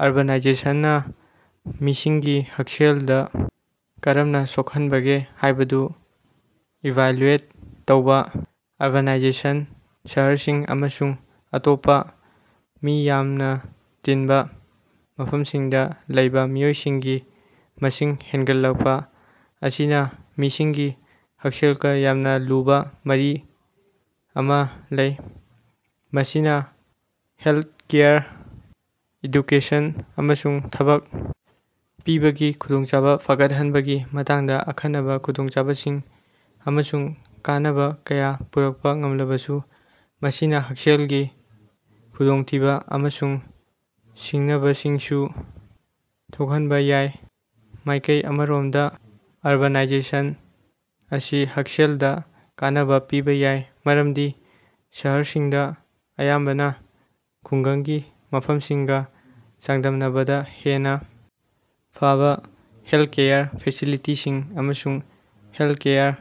ꯑꯔꯕꯥꯟꯅꯥꯏꯖꯦꯁꯟꯅ ꯃꯤꯁꯤꯡꯒꯤ ꯍꯛꯁꯦꯜꯗ ꯀꯥꯔꯝꯅ ꯁꯣꯛꯍꯟꯕꯒꯦ ꯍꯥꯏꯕꯗꯨ ꯏꯚꯥꯜꯂꯨꯌꯦꯠ ꯇꯧꯕ꯫ ꯑꯔꯕꯥꯅꯥꯏꯖꯦꯁꯟ, ꯁꯍꯥꯔꯁꯤꯡ ꯑꯃꯁꯨꯡ ꯑꯇꯣꯞꯄ ꯃꯤ ꯌꯥꯝꯅ ꯇꯤꯟꯕ ꯃꯐꯝꯁꯤꯡꯗ ꯂꯩꯕ ꯃꯤꯑꯣꯏꯁꯤꯡꯒꯤ ꯃꯁꯤꯡ ꯍꯦꯟꯒꯠꯂꯛꯄ ꯑꯁꯤꯅ ꯃꯤꯁꯤꯡꯒꯤ ꯍꯛꯁꯦꯜꯒ ꯌꯥꯝꯅ ꯂꯨꯕ ꯃꯔꯤ ꯑꯃ ꯂꯩ꯫ ꯃꯁꯤꯅ ꯍꯦꯜꯊꯀꯦꯌꯥꯔ, ꯑꯦꯗꯨꯀꯦꯁꯟ, ꯑꯃꯁꯨꯡ ꯊꯕꯛ ꯄꯤꯕꯒꯤ ꯈꯨꯗꯣꯡꯆꯥꯕ ꯐꯥꯒꯠꯍꯟꯕꯒꯤ ꯃꯇꯥꯡꯗ ꯑꯈꯟꯅꯕ ꯈꯨꯗꯣꯡꯆꯥꯕꯁꯤꯡ ꯑꯃꯁꯨꯡ ꯀꯥꯟꯅꯕ ꯀꯌꯥ ꯄꯨꯔꯛꯄ ꯉꯝꯂꯕꯁꯨ, ꯃꯁꯤꯅ ꯍꯛꯁꯦꯜꯒꯤ ꯈꯨꯗꯣꯡꯊꯤꯕ ꯑꯃꯁꯨꯡ ꯁꯤꯡꯅꯕꯁꯤꯡꯁꯨ ꯊꯣꯛꯍꯟꯕ ꯌꯥꯏ꯫ ꯃꯥꯢꯀꯩ ꯑꯃꯔꯣꯝꯗ, ꯑꯔꯕꯥꯟꯅꯥꯏꯖꯦꯁꯟ ꯑꯁꯤ ꯍꯛꯁꯦꯜꯗ ꯀꯥꯟꯅꯕ ꯄꯤꯕ ꯌꯥꯏ ꯃꯔꯝꯗꯤ ꯁꯥꯍꯔꯁꯤꯡꯗ ꯑꯌꯥꯝꯕꯅ ꯈꯨꯡꯒꯪꯒꯤ ꯃꯐꯝꯁꯤꯡꯒ ꯆꯥꯡꯗꯝꯅꯕꯗ ꯍꯦꯟꯅ ꯐꯥꯕ ꯍꯦꯜꯊꯀꯦꯌꯥꯔ ꯐꯦꯁꯤꯂꯤꯇꯤꯁꯤꯡ ꯑꯃꯁꯨꯡ ꯍꯦꯜꯊꯀꯦꯌꯥꯔ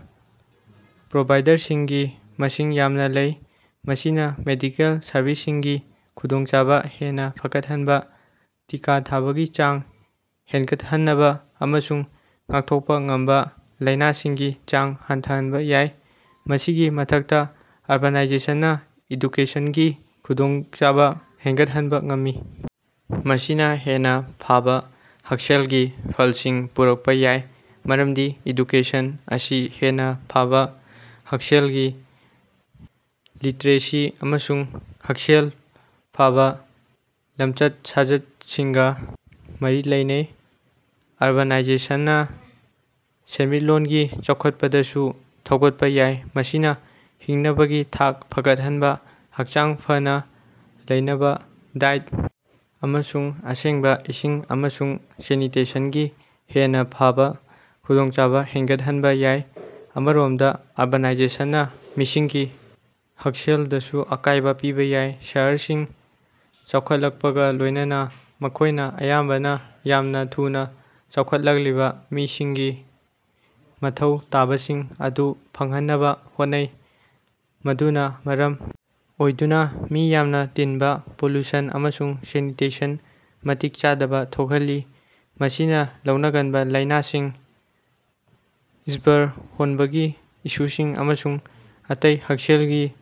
ꯄ꯭ꯔꯣꯚꯥꯏꯗꯔꯁꯤꯡꯒꯤ ꯃꯁꯤꯡ ꯌꯥꯝꯅ ꯂꯩ꯫ ꯃꯁꯤꯅ ꯃꯦꯗꯤꯀꯦꯜ ꯁꯔꯚꯤꯁꯁꯤꯡꯒꯤ ꯈꯨꯗꯣꯡꯆꯥꯕ ꯍꯦꯟꯅ ꯐꯒꯠꯍꯟꯕ, ꯇꯤꯀꯥ ꯊꯥꯕꯒꯤ ꯆꯥꯡ ꯍꯦꯅꯒꯠꯍꯟꯕ, ꯑꯃꯁꯨꯡ ꯉꯥꯛꯊꯣꯛꯄ ꯉꯝꯕ ꯂꯥꯢꯅꯁꯤꯡꯒꯤ ꯆꯥꯡ ꯍꯟꯊꯍꯟꯕ ꯌꯥꯏ꯫ ꯃꯁꯤꯒꯤ ꯃꯊꯥꯛꯇ, ꯑꯔꯕꯥꯟꯅꯥꯏꯖꯦꯁꯟꯅ ꯏꯗꯨꯀꯦꯁꯟꯒꯤ ꯈꯨꯗꯣꯡꯆꯥꯕ ꯍꯦꯟꯒꯠꯍꯟꯕ ꯉꯝꯃꯤ, ꯃꯁꯤꯅ ꯍꯦꯟꯅ ꯐꯥꯕ ꯍꯛꯁꯦꯜꯒꯤ ꯐꯜꯁꯤꯡ ꯄꯨꯔꯛꯄ ꯌꯥꯏ, ꯃꯔꯝꯗꯤ ꯏꯗꯨꯀꯦꯁꯟ ꯑꯁꯤ ꯍꯦꯟꯅ ꯐꯥꯕ ꯍꯛꯁꯦꯜꯒꯤ ꯂꯤꯇ꯭ꯔꯦꯁꯤ ꯑꯃꯁꯨꯡ ꯍꯛꯁꯦꯜ ꯐꯥꯕ ꯂꯝꯆꯠ-ꯁꯥꯖꯠꯁꯤꯡꯒ ꯃꯔꯤ ꯂꯩꯅꯩ꯫ ꯑꯔꯕꯥꯟꯅꯥꯏꯖꯦꯁꯟꯅ ꯁꯦꯟꯃꯤꯠꯂꯣꯟꯒꯤ ꯆꯥꯎꯈꯠꯄꯗꯁꯨ ꯊꯧꯒꯠꯄ ꯌꯥꯏ, ꯃꯁꯤꯅ ꯍꯤꯡꯅꯕꯒꯤ ꯊꯥꯛ ꯐꯥꯒꯠꯍꯟꯕ, ꯍꯛꯆꯥꯡ ꯐꯥꯅ ꯂꯩꯅꯕ ꯗꯥꯏꯠ, ꯑꯃꯁꯨꯡ ꯑꯁꯦꯡꯕ ꯏꯁꯤꯡ ꯑꯃꯁꯨꯡ ꯁꯦꯅꯤꯇꯦꯁꯟꯒꯤ ꯍꯦꯟꯅ ꯐꯥꯕ ꯈꯨꯗꯣꯡꯆꯥꯕ ꯍꯦꯟꯒꯠꯍꯟꯕ ꯌꯥꯏ꯫ ꯑꯃꯔꯣꯝꯗ, ꯑꯔꯕꯥꯟꯅꯥꯏꯖꯦꯁꯟꯅ ꯃꯤꯁꯤꯡꯒꯤ ꯍꯛꯁꯦꯜꯗꯁꯨ ꯑꯀꯥꯏꯕ ꯄꯤꯕ ꯌꯥꯏ꯫ ꯁꯥꯍꯔꯁꯤꯡ ꯆꯥꯎꯈꯠꯂꯛꯄꯒ ꯂꯣꯢꯅꯅ, ꯃꯈꯣꯢꯅ ꯑꯌꯥꯝꯕꯅ ꯌꯥꯝꯅ ꯊꯨꯅ ꯆꯥꯎꯈꯠꯂꯛꯂꯤꯕ ꯃꯤꯁꯤꯡꯒꯤ ꯃꯊꯧ ꯇꯥꯕꯁꯤꯡ ꯑꯗꯨ ꯐꯪꯍꯟꯅꯕ ꯍꯣꯠꯅꯩ, ꯃꯗꯨꯅ ꯃꯔꯝ ꯑꯣꯏꯗꯨꯅ ꯃꯤ ꯌꯥꯝꯅ ꯇꯤꯟꯕ, ꯄꯣꯂꯨꯁꯟ ꯑꯃꯁꯨꯡ ꯁꯦꯅꯤꯇꯦꯁꯟ ꯃꯇꯤꯛ ꯆꯥꯗꯕ ꯊꯣꯛꯍꯜꯂꯤ꯫ ꯃꯁꯤꯅ ꯂꯧꯅꯒꯟꯕ ꯂꯥꯢꯅꯁꯤꯡ, ꯁ꯭ꯕꯔ ꯍꯣꯟꯕꯒꯤ ꯏꯁꯨꯁꯤꯡ ꯑꯃꯁꯨꯡ ꯑꯇꯩ ꯍꯛꯁꯦꯜꯒꯤ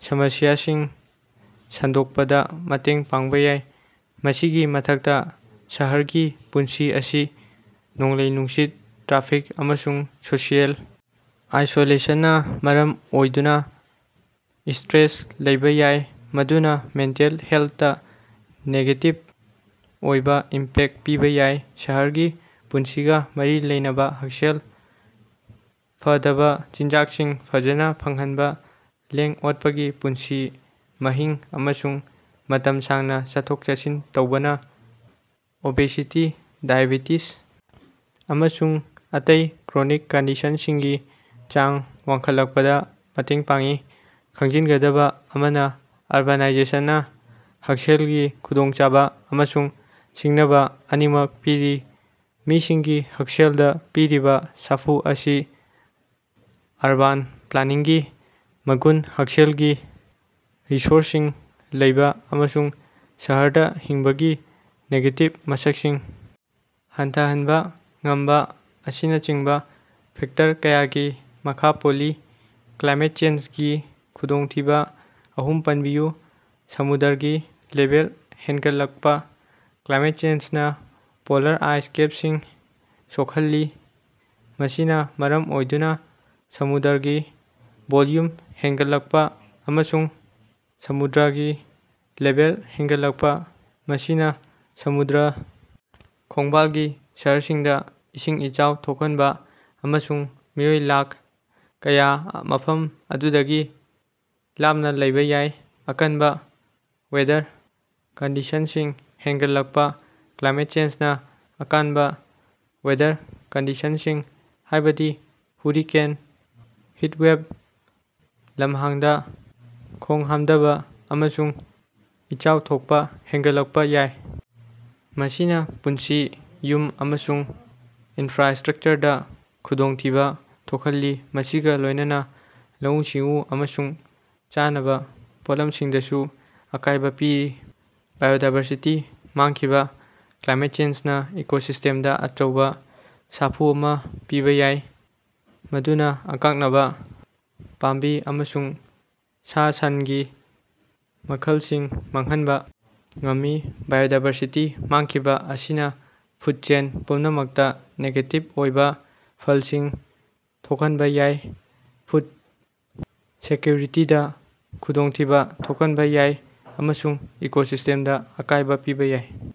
ꯁꯃꯥꯁ꯭ꯌꯥꯁꯤꯡ ꯁꯟꯗꯣꯛꯄꯗ ꯃꯇꯦꯡ ꯄꯥꯡꯕ ꯌꯥꯏ꯫ ꯃꯁꯤꯒꯤ ꯃꯊꯛꯇ, ꯁꯍꯥꯔꯒꯤ ꯄꯨꯟꯁꯤ ꯑꯁꯤ ꯅꯣꯡꯂꯩ-ꯅꯨꯡꯁꯤꯠ, ꯇ꯭ꯔꯥꯐꯤꯛ, ꯑꯃꯁꯨꯡ ꯁꯣꯁꯤꯑꯦꯜ ꯑꯥꯏꯁꯣꯂꯦꯁꯟꯅ ꯃꯔꯝ ꯑꯣꯏꯗꯨꯅ ꯏꯁ꯭ꯠꯔꯦꯁ ꯂꯩꯕ ꯌꯥꯏ, ꯃꯗꯨꯅ ꯃꯦꯟꯇꯦꯜ ꯍꯦꯜꯊꯇ ꯅꯦꯒꯦꯇꯤꯚ ꯑꯣꯏꯕ ꯏꯝꯄꯦꯛ ꯄꯤꯕ ꯌꯥꯏ꯫ ꯁꯍꯔꯒꯤ ꯄꯨꯟꯁꯤꯒ ꯃꯔꯤ ꯂꯩꯅꯕ ꯍꯛꯁꯦꯜ ꯐꯗꯥꯕ ꯆꯤꯟꯖꯥꯛꯁꯤꯡ ꯐꯖꯥꯅ ꯐꯪꯍꯟꯕ, ꯂꯦꯡ-ꯑꯣꯠꯄꯒꯤ ꯄꯨꯟꯁꯤ ꯃꯍꯤꯡ, ꯑꯃꯁꯨꯡ ꯃꯇꯝ ꯁꯥꯡꯅ ꯆꯠꯊꯣꯛ-ꯆꯠꯁꯤꯟ ꯇꯧꯕꯅ ꯑꯣꯕꯦꯁꯤꯇꯤ, ꯗꯥꯏꯑꯦꯕꯦꯇꯤꯖ ꯑꯃꯁꯨꯡ ꯑꯇꯩ ꯀ꯭ꯔꯣꯅꯤꯛ ꯀꯟꯗꯤꯁꯟꯁꯤꯡꯒꯤ ꯆꯥꯡ ꯋꯥꯡꯈꯠꯂꯛꯄꯗ ꯃꯇꯦꯡ ꯄꯥꯡꯏ꯫ ꯈꯪꯖꯤꯅꯒꯗꯕ ꯑꯃꯅ, ꯑꯔꯕꯥꯟꯅꯥꯏꯖꯦꯁꯟꯅ ꯍꯛꯁꯦꯜꯒꯤ ꯈꯨꯗꯣꯡꯆꯥꯕ ꯑꯃꯁꯨꯡ ꯁꯤꯡꯅꯕ ꯑꯅꯤꯃꯛ ꯄꯤꯔꯤ꯫ ꯃꯤꯁꯤꯡꯒꯤ ꯍꯛꯁꯦꯜꯗ ꯄꯤꯔꯤꯕ ꯁꯥꯐꯨ ꯑꯁꯤ ꯑꯔꯕꯥꯟ ꯄ꯭ꯂꯥꯅꯤꯡꯒꯤ ꯃꯒꯨꯟ, ꯍꯛꯁꯦꯜꯒꯤ ꯔꯤꯁꯣꯔꯁꯁꯤꯡ ꯂꯩꯕ, ꯑꯃꯁꯨꯡ ꯁꯍꯥꯔꯗ ꯍꯤꯡꯕꯒꯤ ꯅꯦꯒꯦꯇꯤꯚ ꯃꯁꯛꯁꯤꯡ ꯍꯟꯊꯍꯅꯕ ꯉꯝꯕ ꯑꯁꯤꯅꯆꯤꯡꯕ ꯐꯦꯛꯇꯔ ꯀꯌꯥꯒꯤ ꯃꯈꯥ ꯄꯣꯜꯂꯤ꯫ ꯀ꯭ꯂꯥꯏꯃꯦꯠ ꯆꯦꯟꯖꯒꯤ ꯈꯨꯗꯣꯡꯊꯤꯕ ꯑꯍꯨꯝ ꯄꯟꯕꯤꯌꯨ꯫ ꯁꯃꯨꯗ꯭ꯔꯒꯤ ꯂꯦꯚꯦꯜ ꯍꯦꯅꯒꯠꯂꯀꯄꯥ, ꯀ꯭ꯂꯥꯏꯃꯦꯠ ꯆꯦꯟꯖꯅ ꯄꯣꯂꯥꯔ ꯑꯥꯏꯁ ꯀꯦꯄꯁꯤꯡ ꯁꯣꯀꯍꯜꯂꯤ, ꯃꯁꯤꯅꯥ ꯃꯔꯝ ꯑꯣꯏꯗꯨꯅꯥ ꯁꯃꯨꯗ꯭ꯔꯒꯤ ꯚꯣꯜꯌꯨꯝ ꯍꯦꯟꯒꯠꯂꯛꯄ ꯑꯃꯁꯨꯡ ꯁꯃꯨꯗ꯭ꯔꯥꯒꯤ ꯂꯦꯚꯦꯜ ꯍꯦꯟꯒꯠꯂꯛꯄ꯫ ꯃꯁꯤꯅ ꯁꯃꯨꯗ꯭ꯔꯥ ꯈꯣꯡꯕꯥꯜꯒꯤ ꯁꯍꯥꯔꯁꯤꯡꯗ ꯏꯁꯤꯡ ꯏꯆꯥꯎ ꯊꯣꯛꯍꯟꯕ ꯑꯃꯁꯨꯡ ꯃꯤꯑꯣꯏ ꯂꯥꯈ ꯀꯌꯥ ꯃꯐꯝ ꯑꯗꯨꯗꯒꯤ ꯂꯥꯞꯅ ꯂꯩꯕ ꯌꯥꯏ꯫ ꯑꯀꯥꯟꯕ ꯋꯦꯗꯔ ꯀꯟꯗꯤꯁꯟꯁꯤꯡ ꯍꯦꯟꯒꯠꯂꯛꯄ ꯀ꯭ꯂꯥꯏꯃꯦꯠ ꯆꯦꯟꯖꯅ ꯑꯀꯥꯟꯕ ꯋꯦꯗꯔ ꯀꯟꯗꯤꯁꯟꯁꯤꯡ ꯍꯥꯏꯕꯗꯤ ꯍꯨꯔꯤꯀꯦꯟ, ꯍꯤꯠꯋꯦꯕ, ꯂꯝꯍꯥꯡꯗ ꯈꯣꯡꯍꯥꯝꯗꯕ, ꯑꯃꯁꯨꯡ ꯏꯆꯥꯎ ꯊꯣꯛꯄ ꯍꯦꯟꯒꯠꯂꯛꯄ ꯌꯥꯏ꯫ ꯃꯁꯤꯅ ꯄꯨꯟꯁꯤ, ꯌꯨꯝ, ꯑꯃꯁꯨꯡ ꯏꯅꯐ꯭ꯔꯥꯁ꯭ꯇꯔꯥꯛꯆꯔꯗ ꯈꯨꯗꯣꯡꯊꯤꯕ ꯊꯣꯛꯍꯜꯂꯤ, ꯃꯁꯤꯒ ꯂꯣꯏꯅꯅ ꯂꯧꯎ-ꯁꯤꯡꯎ ꯑꯃꯁꯨꯡ ꯆꯥꯅꯕ ꯄꯣꯠꯂꯃꯁꯤꯡꯗꯁꯨ ꯑꯀꯥꯏꯕ ꯄꯤꯔꯤ꯫ ꯕꯥꯏꯑꯣꯗꯥꯏꯕꯔꯁꯤꯇꯤ ꯃꯥꯡꯈꯤꯕ - ꯀ꯭ꯂꯥꯏꯃꯦꯠ ꯆꯦꯟꯖꯅ ꯏꯀꯣꯁꯤꯁ꯭ꯇꯦꯝꯗ ꯑꯆꯧꯕ ꯁꯥꯐꯨ ꯑꯃ ꯄꯤꯕ ꯌꯥꯏ, ꯃꯗꯨꯅ ꯑꯀꯛꯅꯕ ꯄꯥꯝꯕꯤ ꯑꯃꯁꯨꯡ ꯁꯥ-ꯁꯥꯟꯒꯤ ꯃꯈꯜꯁꯤꯡ ꯃꯥꯡꯍꯟꯕ ꯉꯝꯃꯤ꯫ ꯕꯥꯏꯑꯣꯗꯥꯏꯕꯔꯁꯤꯇꯤ ꯃꯥꯡꯈꯤꯕ ꯑꯁꯤꯅ ꯐꯨꯗ ꯆꯦꯟ ꯄꯨꯝꯅꯃꯛꯇ ꯅꯦꯒꯦꯇꯤꯕ ꯑꯣꯏꯕ ꯐꯜꯁꯤꯡ ꯊꯣꯛꯍꯟꯕ ꯌꯥꯏ, ꯐꯨꯗ ꯁꯦꯛꯀꯤꯌꯨꯔꯤꯇꯤꯗ ꯈꯨꯗꯣꯡꯊꯤꯕ ꯊꯣꯛꯍꯟꯕ ꯌꯥꯏ ꯑꯃꯁꯨꯡ ꯏꯀꯣꯁꯤꯁ꯭ꯇꯦꯝꯗ ꯑꯀꯥꯏꯕ ꯄꯤꯕ ꯌꯥꯏ꯫